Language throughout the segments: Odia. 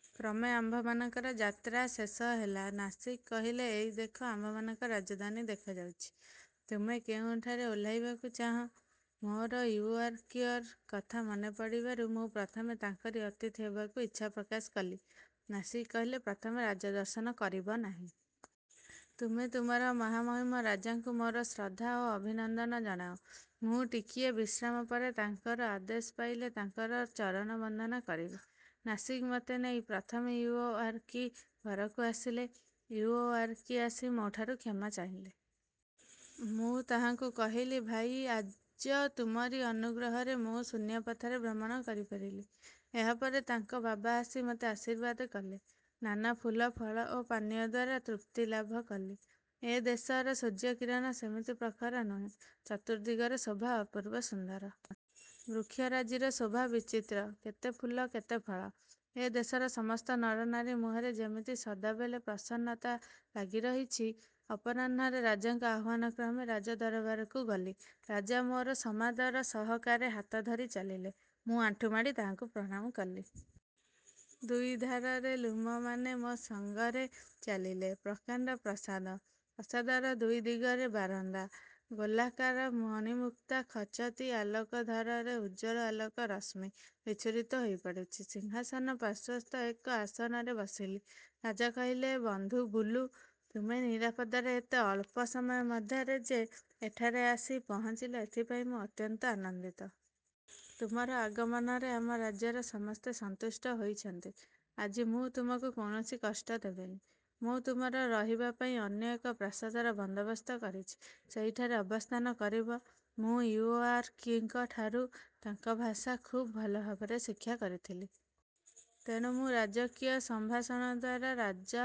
'' କ୍ରମେ ଆମ୍ଭମାନଙ୍କର ଯାତ୍ରା ଶେଷ ହେଲା। ନାସିଗ୍ କହିଲେ, ''ଏଇ ଦେଖ ଆମ୍ଭମାନଙ୍କ ରାଜଧାନୀ ଦେଖାଯାଉଛି। ତୁମେ କେଉଁଠାରେ ଓହ୍ଲାଇବାକୁ ଚାହଁ। '' ମୋର ଇଉଓୟାରକିର କଥା ମନେପଡ଼ିବାରୁ ମୁଁ ପ୍ରଥମେ ତାଙ୍କରି ଅତିଥି ହେବାକୁ ଇଚ୍ଛା ପ୍ରକାଶ କଲି। ନାସିଗ୍ କହିଲେ, ''ପ୍ରଥମେ ରାଜଦର୍ଶନ କରିବ ନାହିଁ? '' ତୁମେ ତୁମର ମହାମହିମ ରାଜାଙ୍କୁ ମୋର ଶ୍ରଦ୍ଧା ଓ ଅଭିନନ୍ଦନ ଜଣାଅ। ମୁଁ ଟିକିଏ ବିଶ୍ରାମ ପରେ ତାଙ୍କର ଆଦେଶ ପାଇଲେ ତାଙ୍କର ଚରଣ ବନ୍ଦନା କରିବି। ନାସିଗ୍ ମୋତେ ନେଇ ପ୍ରଥମେ ଇଉଓୟାରକି ଘରକୁ ଆସିଲେ। ଇଉଓୟାରକି ଆସି ମୋ'ଠାରୁ କ୍ଷମା ଚାହିଁଲେ। ମୁଁ ତାହାଙ୍କୁ କହିଲି, ''ଭାଇ, ଆଜ ତୁମରି ଅନୁଗ୍ରହରେ ମୁଁ ଶୂନ୍ୟପଥରେ ଭ୍ରମଣ କରିପାରିଲି। '' ଏହାପରେ ତାଙ୍କ ବାବା ଆସି ମୋତେ ଆଶୀର୍ବାଦ କଲେ। ନାନା ଫୁଲ, ଫଳ ଓ ପାନୀୟଦ୍ୱାରା ତୃପ୍ତିଲାଭ କଲି। ଏ ଦେଶର ସୂର୍ଯ୍ୟକିରଣ ସେମିତି ପ୍ରଖର ନୁହେଁ। ଚତୁର୍ଦ୍ଦିଗର ଶୋଭା ଅପୂର୍ବ ସୁନ୍ଦର। ବୃକ୍ଷରାଜିର ଶୋଭା ବିଚିତ୍ର, କେତେ ଫୁଲ କେତେ ଫଳ। ଏ ଦେଶର ସମସ୍ତ ନରନାରୀ ମୁହଁରେ ଯେମିତି ସଦାବେଳେ ପ୍ରସନ୍ନତା ଲାଗି ରହିଛି। ଅପରାହ୍ନରେ ରାଜାଙ୍କ ଆହ୍ୱାନ କ୍ରମେ ରାଜଦରବାରକୁ ଗଲି। ରାଜା ମୋର ସମାଦର ସହକାରେ ହାତ ଧରି ଚାଲିଲେ। ମୁଁ ଆଣ୍ଠୁମାଡ଼ି ତାହାଙ୍କୁ ପ୍ରଣାମ କଲି। ଦୁଇଧାରରେ ଲ୍ଲୁମମାନେ ମୋ ସଙ୍ଗରେ ଚାଲିଲେ। ପ୍ରକାଣ୍ଡ ପ୍ରାସାଦ। ପ୍ରାସାଦର ଦୁଇ ଦିଗରେ ବାରନ୍ଦା। ଗୋଲାକାର ମଣିମୁକ୍ତା ଖଚତି ଆଲୋକ ଧାରରେ ଉଜ୍ଜ୍ୱଳ ଆଲୋକ ରଶ୍ମି ବିଚ୍ଛୁରିତ ହୋଇପଡ଼ୁଛି। ସିଂହାସନ ପାର୍ଶ୍ୱସ୍ଥ ଏକ ଆସନରେ ବସିଲି। ରାଜା କହିଲେ, ''ବନ୍ଧୁ ବୁଲୁ! ତୁମେ ନିରାପଦରେ ଏତେ ଅଳ୍ପ ସମୟ ମଧ୍ୟରେ ଯେ ଏଠାରେ ଆସି ପହଞ୍ଚିଲ, ଏଥିପାଇଁ ମୁଁ ଅତ୍ୟନ୍ତ ଆନନ୍ଦିତ। ତୁମର ଆଗମନରେ ଆମ ରାଜ୍ୟର ସମସ୍ତେ ସନ୍ତୁଷ୍ଟ ହୋଇଛନ୍ତି। ଆଜି ମୁଁ ତୁମକୁ କୌଣସି କଷ୍ଟ ଦେବିନି। ମୁଁ ତୁମର ରହିବାପାଇଁ ଅନ୍ୟ ଏକ ପ୍ରାସାଦର ବନ୍ଦୋବସ୍ତ କରିଛି ସେହିଠାରେ ଅବସ୍ଥାନ କରିବ। ମୁଁ ଇଉଓୟାରକିଙ୍କ ଠାରୁ ତାଙ୍କ ଭାଷା ଖୁବ୍ ଭଲଭାବରେ ଶିକ୍ଷା କରିଥିଲି। ତେଣୁ ମୁଁ ରାଜକୀୟ ସମ୍ଭାଷଣଦ୍ୱାରା ରଜା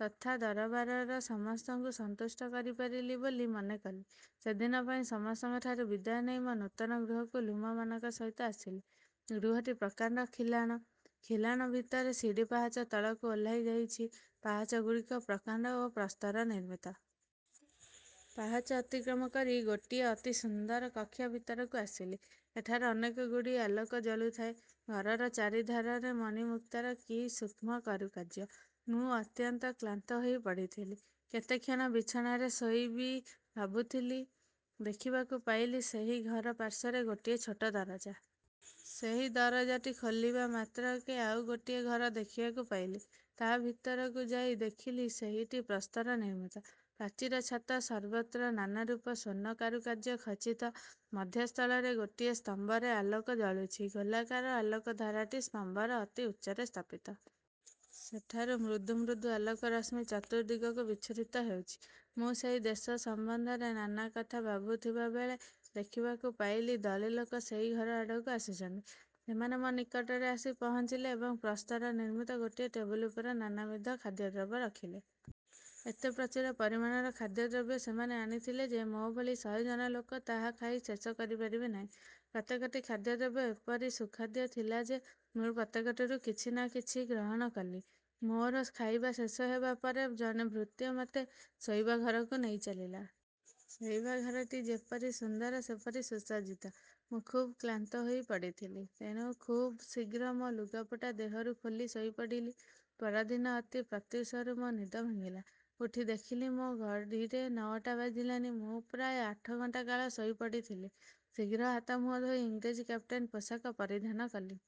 ତଥା ଦରବାରରେ ସମସ୍ତଙ୍କୁ ସନ୍ତୁଷ୍ଟ କରିପାରିଲି ବୋଲି ମନେକଲି। ସେଦିନ ପାଇଁ ସମସ୍ତଙ୍କଠାରୁ ବିଦାୟ ନେଇ ମୋ ନୂତନ ଗୃହକୁ ଲ୍ଲୁମମାନଙ୍କ ସହିତ ଆସିଲି। ଗୃହଟି ପ୍ରକାଣ୍ଡ ଖିଲାଣ। ଖିଲାଣ ଭିତରେ ସିଡ଼ି ପାହାଚ ତଳକୁ ଓହ୍ଲାଇଯାଇଛି। ପାହାଚଗୁଡ଼ିକ ପ୍ରକାଣ୍ଡ ଓ ପ୍ରସ୍ତର ନିର୍ମିତ। ପାହାଚ ଅତିକ୍ରମ କରି ଗୋଟିଏ ଅତି ସୁନ୍ଦର କକ୍ଷ ଭିତରକୁ ଆସିଲି। ଏଠାରେ ଅନେକଗୁଡ଼ିଏ ଆଲୋକ ଜଳୁଥାଏ। ଘରର ଚାରିଧାରରେ ମଣିମୁକ୍ତାର କି ସୂକ୍ଷ୍ମ କାରୁକାର୍ଯ୍ୟ। ମୁଁ ଅତ୍ୟନ୍ତ କ୍ଳାନ୍ତ ହୋଇପଡ଼ିଥିଲି। କେତେକ୍ଷଣ ବିଛଣାରେ ଶୋଇ ବି ଭାବୁଥିଲି। ଦେଖିବାକୁ ପାଇଲି ସେହି ଘର ପାର୍ଶ୍ୱରେ ଗୋଟିଏ ଛୋଟ ଦରଜା। ସେହି ଦରଜାଟି ଖୋଲିବା ମାତ୍ରକେ ଆଉ ଗୋଟିଏ ଘର ଦେଖିବାକୁ ପାଇଲି। ତା' ଭିତରକୁ ଯାଇ ଦେଖିଲି, ସେହିଟି ପ୍ରସ୍ତର ନିର୍ମିତ। ପ୍ରାଚୀର, ଛାତ ସର୍ବତ୍ର ନାନାରୂପ ସ୍ୱର୍ଣ୍ଣ କାରୁକାର୍ଯ୍ୟ ଖଚିତ। ମଧ୍ୟସ୍ଥଳରେ ଗୋଟିଏ ସ୍ତମ୍ଭରେ ଆଲୋକ ଜଳୁଛି। ଗୋଲାକାର ଆଲୋକଧାରାଟି ସ୍ତମ୍ଭର ଅତି ଉଚ୍ଚରେ ସ୍ଥାପିତ। ସେଠାରୁ ମୃଦୁ ମୃଦୁ ଆଲୋକ ରଶ୍ମି ଚତୁର୍ଦ୍ଦିଗକୁ ବିଚ୍ଛୁରିତ ହେଉଛି। ମୁଁ ସେଇ ଦେଶ ସମ୍ବନ୍ଧରେ ନାନା କଥା ଭାବୁଥିବାବେଳେ ଦେଖିବାକୁ ପାଇଲି ଦଳେ ଲୋକ ସେହି ଘର ଆଡ଼କୁ ଆସୁଛନ୍ତି। ସେମାନେ ମୋ ନିକଟରେ ଆସି ପହଞ୍ଚିଲେ ଏବଂ ପ୍ରସ୍ତର ନିର୍ମିତ ଗୋଟିଏ ଟେବୁଲ ଉପରେ ନାନାବିଧ ଖାଦ୍ୟଦ୍ରବ୍ୟ ରଖିଲେ। ଏତେ ପ୍ରଚୁର ପରିମାଣର ଖାଦ୍ୟଦ୍ରବ୍ୟ ସେମାନେ ଆଣିଥିଲେ ଯେ, ମୋ'ଭଳି ଶହେ ଜଣ ଲୋକ ତାହା ଖାଇ ଶେଷ କରିପାରିବେ ନାହିଁ। ପ୍ରତ୍ୟେକଟି ଖାଦ୍ୟଦ୍ରବ୍ୟ ଏପରି ସୁଖାଦ୍ୟ ଥିଲା ଯେ, ମୁଁ ପ୍ରତ୍ୟେକଟିରୁ କିଛି ନାନା କିଛି ଗ୍ରହଣ କଲି। ମୋର ଖାଇବା ଶେଷ ହେବା ପରେ ଜଣେ ଭୃତ୍ୟ ମୋତେ ଶୋଇବା ଘରକୁ ନେଇଚାଲିଲା। ଶୋଇବା ଘରଟି ଯେପରି ସୁନ୍ଦର ସେପରି ସୁସଜ୍ଜିତ। ମୁଁ ଖୁବ୍ କ୍ଳାନ୍ତ ହୋଇପଡ଼ିଥିଲି। ତେଣୁ ଖୁବ୍ ଶୀଘ୍ର ମୋ ଲୁଗାପଟା ଦେହରୁ ଖୋଲି ଶୋଇପଡ଼ିଲି। ପରଦିନ ଅତି ପ୍ରତ୍ୟୁଷରୁ ମୋ ନିଦ ଭାଙ୍ଗିଲା। ଉଠି ଦେଖିଲି, ମୋ ଘଡ଼ିରେ ନଅଟା ବାଜିଲାଣି। ମୁଁ ପ୍ରାୟ ଅଠର ଘଣ୍ଟା କାଳ ଶୋଇପଡ଼ିଥିଲି। ଶୀଘ୍ର ହାତ ମୁହଁ ଧୋଇ ଇଂରେଜ କାପ୍ଟେନର ପୋଷାକ ପରିଧାନ କଲି।